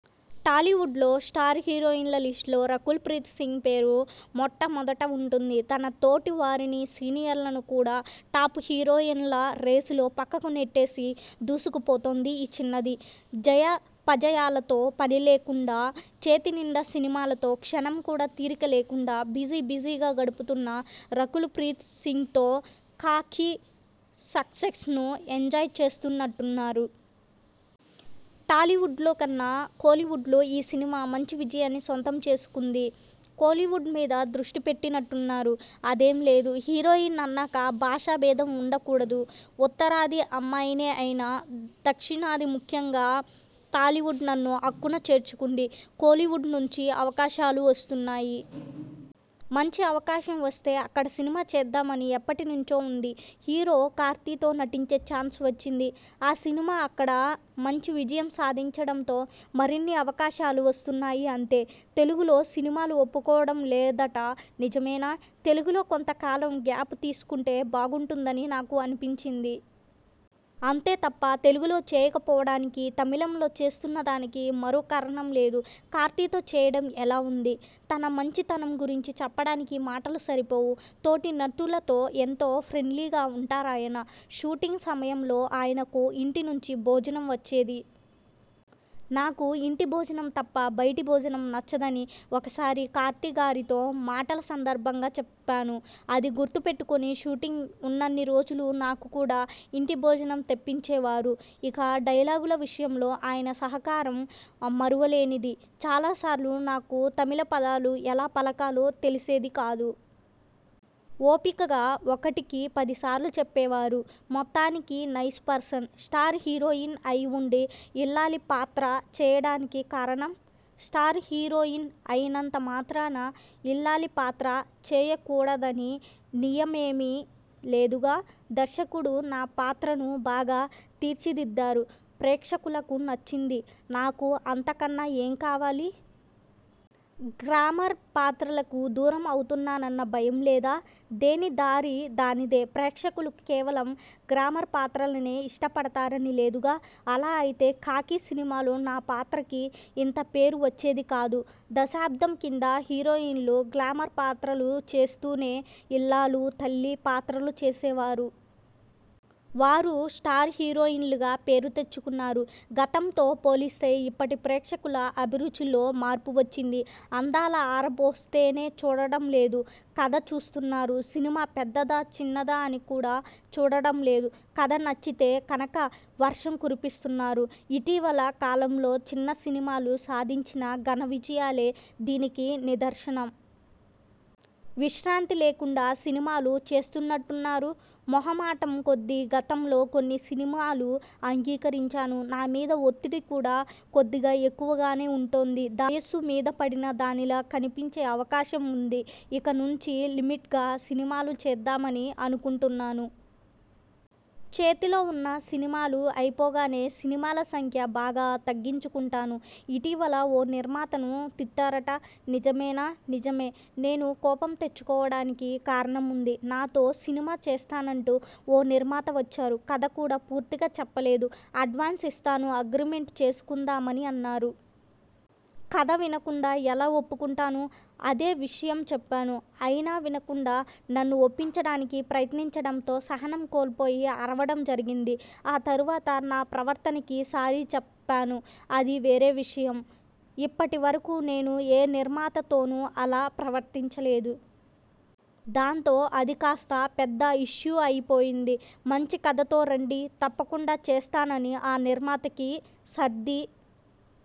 టాలీవుడ్లో స్టార్ హీరోయిన్ల లిస్టులో రకూల్ ప్రీత్ సింగ్ పేరు మొట్ట మొదట ఉంటుంది. తన తోటి వారినీ, సీనియర్లను కూడా టాప్ హీరోయిన్ల రేసులో పక్కకు నెట్టేసి దూసుకు పోతోంది ఈ చిన్నది. జయాపజయాలతో పని లేకుండా చేతి నిండా సినిమాలతో క్షణం కూడా తీరిక లేకుండా బిజీ బిజీగా గడుపుతన్న రకూల్ ప్రీత్ సింగ్తో'ఖాకీ' సక్సెస్ను ఎంజాయ్ చేస్తున్నట్టున్నారు? టాలీవుడ్లో కన్నా కోలీవుడ్లో ఈ సినిమా మంచి విజయాన్ని సొంతం చేసుకుంది. కోలీవుడ్ మీద దృష్టి పెట్టి నట్టున్నారు? అదేం లేదు. హీరోయిన్ అన్నాక భాషా బేధం ఉండ కూడదు. ఉత్తరాది అమ్మాయినే అయినా దక్షిణాదిన ముఖ్యంగా టాలీవుడ్ నన్ను అక్కున చేర్చుకుంది. కోలీవుడ్ నుంచి అవకాశాలు వస్తున్నాయి. మంచి అవకాశం వస్తే అక్కడ సినిమా చేద్దామని ఎప్పటి నుంచో ఉంది. హీరో కార్తీతో నటించే చాన్స్ వచ్చింది. ఆ సినిమా అక్కడ మంచి విజయం సాధించడంతో మరిన్ని అవకాశాలు వస్తున్నాయి అంతే! తెలుగులో సినిమాలు ఒప్పుకోవడం లేదట నిజమేనా? తెలుగులో కొంత కాలం గ్యాప్ తీసుకుంటే బాగుంటుందని నాకు అనిపించింది. అంతే తప్ప తెలుగులో చేయక పోవడానికీ, తమిళంలో చేస్తున్న దానికీ మరో కారణం లేదు. కార్తీతో చేయడం ఎలా ఉంది? తన మంచి తనం గురించి చెప్పడానికి మాటలు సరిపోవు. తోటి నటులతో ఎంతో ఫ్రెండ్లీగా ఉంటారాయన. షూటింగ్ సమయంలో ఆయనకు ఇంటి నుంచి భోజనం వచ్చేది. నాకు ఇంటి భోజనం తప్ప బయటి భోజనం నచ్చదని ఒకసారి కార్తీ గారితో మాటల సందర్భంగా చెప్పాను. అది గుర్తు పెట్టుకుని షూటింగ్ ఉన్నన్ని రోజులూ నాకు కూడా ఇంటి భోజనం తెప్పించే వారు. ఇక డైలాగుల విషయంలో ఆయన సహకారం మరువ లేనిది. చాలా సార్లు నాకు తమిళ పదాలు ఎలా పలకాలో తెలిసేది కాదు. ఓపికగా ఒకటికి పదిసార్లు చెప్పేవారు. మొత్తానికి నైస్ పర్సన్. స్టార్ హీరోయిన్ అయి ఉండి ఇల్లాలి పాత్ర చేయడానికి కారణం? స్టార్ హీరోయిన్ అయినంత మాత్రాన ఇల్లాలి పాత్ర చేయకూడదని నియమేమీ లేదుగా. దర్శకుడు నా పాత్రను బాగా తీర్చి దిద్దారు. ప్రేక్షకులకు నచ్చింది. నాకు అంత కన్నా ఏం కావాలి? గ్లామర్ పాత్రలకు దూరం అవుతానన్న భయం లేదా? దేని దారి దానిదే! ప్రేక్షకులు కేవలం గ్లామర్ పాత్రలనే ఇష్ట పడతారని లేదుగా! అలా అయితే 'ఖాకీ' సినిమాలో నా పాత్రకి ఇంత పేరు వచ్చేది కాదు. దశాబ్దం కింద హీరోయిన్లు గ్లామర్ పాత్రలు చేస్తూనే ఇల్లాలు, తల్లి పాత్రలు చేసేవారు. వారూ స్టార్ హీరోయిన్లుగా పేరు తెచ్చుకున్నారు. గతంతో పోలిస్తే ఇప్పటి ప్రేక్షకుల అభిరుచిలో మార్పు వచ్చింది. అందాలు ఆరబోస్తేనే చూడడం లేదు. కథ చూస్తున్నారు. సినిమా పెద్దదా? చిన్నదా? అని కూడా చూడడం లేదు. కథ నచ్చితే కనక వర్షం కురిపిస్తున్నారు. ఇటీవలి కాలంలో చిన్న సినిమాలు సాధించిన ఘన విజయాలే దీనికి నిదర్శనం. విశ్రాంతి లేకుండా సినిమాలు చేస్తున్నట్టున్నారు? మొహ మాటం కొద్దీ గతంలో కొన్ని సినిమాలు అంగీకరించాను. నా మీద ఒత్తిడి కూడా కొద్దిగా ఎక్కువ గానే ఉంటోంది. దాంతో వయస్సు మీద పడిన దానిలా కనిపించే అవకాశం ఉంది. ఇక నుంచి లిమిట్గా సినిమాలు చేద్దామని అనుకుంటున్నాను. చేతిలో ఉన్న సినిమాలు అయిపోగానే సినిమాల సంఖ్య బాగా తగ్గించుకుంటాను. ఇటీవల ఓ నిర్మాతను తిట్టారట నిజమేనా? నిజమే! నేను కోపం తెచ్చుకోవడానికి కారణం ఉంది. నాతో సినిమా చేస్తానంటూ ఓ నిర్మాత వచ్చారు. కథ కూడా పూర్తిగా చెప్పలేదు. అడ్వాన్స్ ఇస్తాను అగ్రిమెంట్ చేసుకుందామని అన్నారు. కథ వినకుండా ఎలా ఒప్పుకుంటాను. అదే విషయం చెప్పాను. అయినా వినకుండా నన్ను ఒప్పించడానికి ప్రయత్నించడంతో సహనం కోల్పొయి అరవడం జరిగింది. ఆ తరువాత నా ప్రవర్తనకి సారీ చెప్పాను. అది వేరే విషయం. ఇప్పటి వరకూ నేను ఏ నిర్మాత తోనూ అలా ప్రవర్తించలేదు. దాంతో అది కాస్త పెద్ద ఇష్యూ అయి పోయింది. మంచి కథతో రండి తప్పకుండా చేస్తాననిన ఆ నిర్మాతకి సర్ది